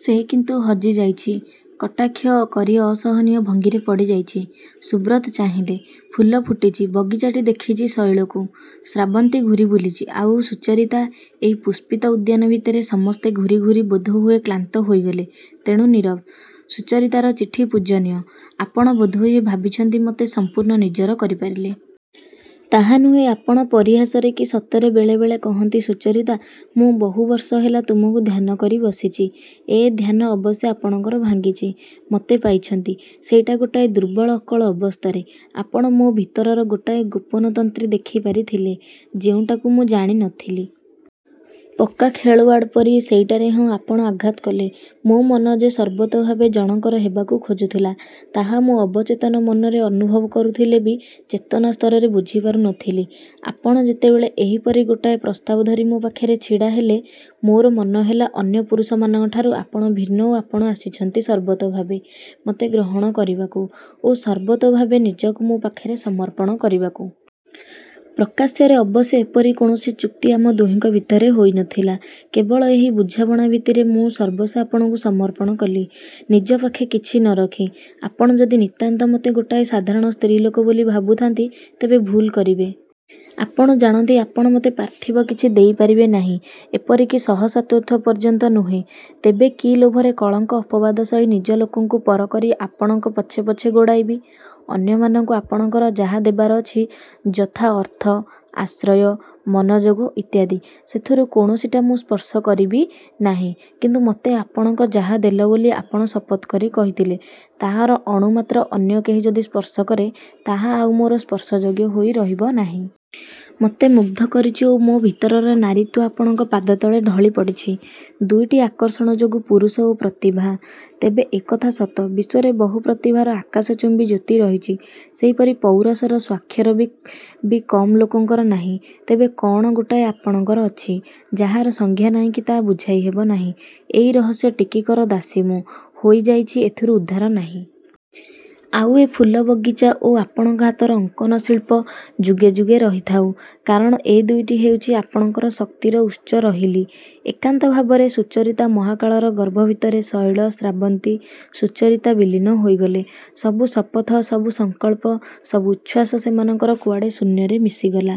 ସେ କିନ୍ତୁ ହଜିଯାଇଛି, କଟାକ୍ଷ କରି ଅସହନୀୟ ଭଙ୍ଗୀରେ ପଡ଼ିଯାଇଛି। ସୁବ୍ରତ ଚାହିଁଲେ। ଫୁଲ ଫୁଟିଛି। ବଗିଚାଟି ଦେଖିଛି ଶୈଳକୁ। ଶ୍ରାବନ୍ତୀ ଘୂରିବୁଲିଛି, ଆଉ ସୁଚରିତା… ଏଇ ପୁଷ୍ପିତ ଉଦ୍ୟାନ ଭିତରେ–ସମସ୍ତେ ଘୂରି ଘୂରି ବୋଧହୁଏ କ୍ଳାନ୍ତ ହୋଇଗଲେ–ତେଣୁ ନୀରବ। ସୁଚରିତାର ଚିଠି… ପୂଜନୀୟ! ଆପଣ ବୋଧହୁଏ ଭାବଛନ୍ତି ମତେ ସଂପୂର୍ଣ୍ଣ ନିଜର କରିପାରିଲେ। ତାହା ନୁହେଁ। ଆପଣ ପରିହାସରେ କି ସତରେ ବେଳେବେଳେ କହନ୍ତି-'ସୁଚରିତା, ମୁଁ ବହୁ ବର୍ଷ ହେଲା ତୁମକୁ ଧ୍ୟାନ କରି ବସିଛି। ' ଏ ଧ୍ୟାନ ଅବଶ୍ୟ ଆପଣଙ୍କର ଭାଙ୍ଗିଛି। ମତେ ପାଇଛନ୍ତି। ସେଇଟା ଗୋଟାଏ ଦୁର୍ବଳ ଅକଳ ଅବସ୍ଥାରେ। ଆପଣ ମୋ ଭିତରର ଗୋଟାଏ ଗୋପନ ତନ୍ତ୍ରୀ ଦେଖିପାରିଥିଲେ, ଯେଉଁଟାକୁ ମୁଁ ଜାଣିନଥିଲି। ପକ୍କା ଖେଳୱାଡ଼ ପରି ସେଇଟାରେ ହଁ ଆପଣ ଆଘାତ କଲେ। ମୋ ମନ ଯେ ସର୍ବତୋଭାବେ ଜଣକର ହେବାକୁ ଖୋଜୁଥିଲା, ତାହା ମୁଁ ଅବଚେତନ ମନରେ ଅନୁଭବ କରୁଥିଲେ ବି ଚେତନା ସ୍ତରରେ ବୁଝିପାରୁନଥିଲି। ଆପଣ ଯେତବେଳେ ଏହିପରି ଗୋଟାଏ ପ୍ରସ୍ତାବ ଧରି ମୋ ପାଖରେ ଛିଡ଼ାହେଲେ, ମୋର ମନେହେଲା ଅନ୍ୟ ପୁରୁଷମାନଙ୍କଠାରୁ ଆପଣ ଭିନ୍ନ ଓ ଆପଣ ଆସିଛନ୍ତି ସର୍ବତୋଭାବେ ମତେ ଗ୍ରହଣ କରିବାକୁ ଓ ସର୍ବତୋଭାବେ ନିଜକୁ ମୋ ପାଖରେ ସମର୍ପଣ କରିବାକୁ। ପ୍ରକାଶ୍ୟରେ ଅବଶ୍ୟ ଏପରି କୌଣସି ଚୁକ୍ତି ଆମ ଦୁହିଁଙ୍କ ଭିତରେ ହୋଇନଥିଲା। କେବଳ ଏହି ବୁଝାମଣା ଭିତ୍ତିରେ ମୁଁ ସର୍ବସ୍ୱ ଆପଣଙ୍କୁ ସମର୍ପଣ କଲି ନିଜ ପାଖେ କିଛି ନରଖି। ଆପଣ ଯଦି ନିତାନ୍ତ ମତେ ଗୋଟାଏ ସାଧାରଣ ସ୍ତ୍ରୀଲୋକ ବୋଲି ଭାବୁଥାନ୍ତି, ତେବେ ଭୁଲ୍ କରିବେ। ଆପଣ ଜାଣନ୍ତି, ଆପଣ ମତେ ପାର୍ଥିବ କିଛି ଦେଇପାରିବେ ନାହିଁ। ଏପରିକି ସହସାଥିତ୍ଵ ପର୍ଯ୍ୟନ୍ତ ନୁହେଁ। ତେବେ କି ଲୋଭରେ କଳଙ୍କ ଅପବାଦ ସହି ନିଜ ଲୋକଙ୍କୁ ପରକରି ଆପଣଙ୍କ ପଛେ ପଛେ ଗୋଡ଼ାଇବି? ଅନ୍ୟମାନଙ୍କୁ ଆପଣଙ୍କର ଯାହା ଦେବାର ଅଛି, ଯଥା ଅର୍ଥ, ଆଶ୍ରୟ, ମନୋଯୋଗ ଇତ୍ୟାଦି… ସେଥିରୁ କୌଣସିଟା ମୁଁ ସ୍ପର୍ଶ କରିବିନାହିଁ; କିନ୍ତୁ ମୋତେ ଆପଣଙ୍କ ଯାହା ଦେଲବୋଲି ଆପଣ ଶପଥ କରି କହିଥିଲେ, ତାହାର ଅଣୁ ମାତ୍ର ଅନ୍ୟ କେହି ଯଦି ସ୍ପର୍ଶ କରେ, ତାହା ଆଉ ମୋର ସ୍ପର୍ଶଯୋଗ୍ୟ ହୋଇ ରହିବନାହିଁ। ମତେ ମୁଗ୍ଧ କରିଛି ଓ ମୋ ଭିତରର ନାରୀତ୍ୱ ଆପଣଙ୍କ ପାଦତଳେ ଢଳିପଡ଼ିଛି ଦୁଇଟି ଆକର୍ଷଣ ଯୋଗୁ-ପୌରୁଷ ଓ ପ୍ରତିଭା। ତେବେ ଏକଥା ସତ, ବିଶ୍ୱରେ ବହୁ ପ୍ରତିଭାର ଆକାଶଚୁମ୍ୱୀ ଜ୍ୟୋତି ରହିଛି, ସେହିପରି ପୌରୁଷର ସ୍ୱାକ୍ଷର ବି କମ୍ ଲୋକଙ୍କର ନାହିଁ। ତେବେ କଅଣ ଗୋଟାଏ ଆପଣଙ୍କର ଅଛି, ଯାହାର ସଂଜ୍ଞା ନାହିଁ କି ତାହା ବୁଝାଇ ହେବନାହିଁ… ଏହି ରହସ୍ୟ ଟିକିକର ଦାସୀ ମୁଁ ହୋଇଯାଇଛି–ଏଥିରୁ ଉଦ୍ଧାର ନାହିଁ। ଆଉ ଏ ଫୁଲ ବଗିଚା ଓ ଆପଣଙ୍କ ହାତର ଅଙ୍କନଶିଳ୍ପ–ଯୁଗେ ଯୁଗେ ରହିଥାଉ; କାରଣ ଏ ଦୁଇଟି ହେଉଛି ଆପଣଙ୍କର ଶକ୍ତିର ଉତ୍ସ ରହିଲି। ଏକାନ୍ତ ଭାବରେ ସୁଚରିତା ମହାକାଳର ଗର୍ଭ ଭିତରେ ଶୈଳ, ଶ୍ରାବନ୍ତୀ, ସୁଚରିତା ବିଲୀନ ହୋଇଗଲେ। ସବୁ ଶପଥ, ସବୁ ସଂକଳ୍ପ, ସବୁ ଉଚ୍ଛ୍ୱାସ ସେମାନଙ୍କର କୁଆଡ଼େ ଶୂନ୍ୟରେ ମିଶିଗଲା।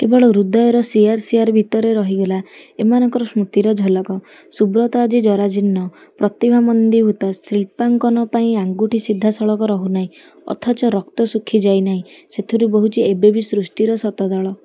କେବଳ ହୃଦୟର ସିଆର ସିଆର ଭିତରେ ରହିଗଲା ଏମାନଙ୍କର ସ୍ମୃତିର ଝଲକ। ସୁବ୍ରତ ଆଜି ଜରାଜୀର୍ଣ୍ଣ। ପ୍ରତିଭା ମନ୍ଦୀଭୂତ। ଶିଳ୍ପାଙ୍କନ ପାଇଁ ଆଙ୍ଗୁଠି ସିଧା ସଳଖ ରହୁନାଇଁ; ଅଥଚ ରକ୍ତ ଶୁଖି ଯାଇ ନାହିଁ। ସେଥିରେ ବହୁଛି ଏବେ ବି ସୃଷ୍ଟିର ଶତଦଳ।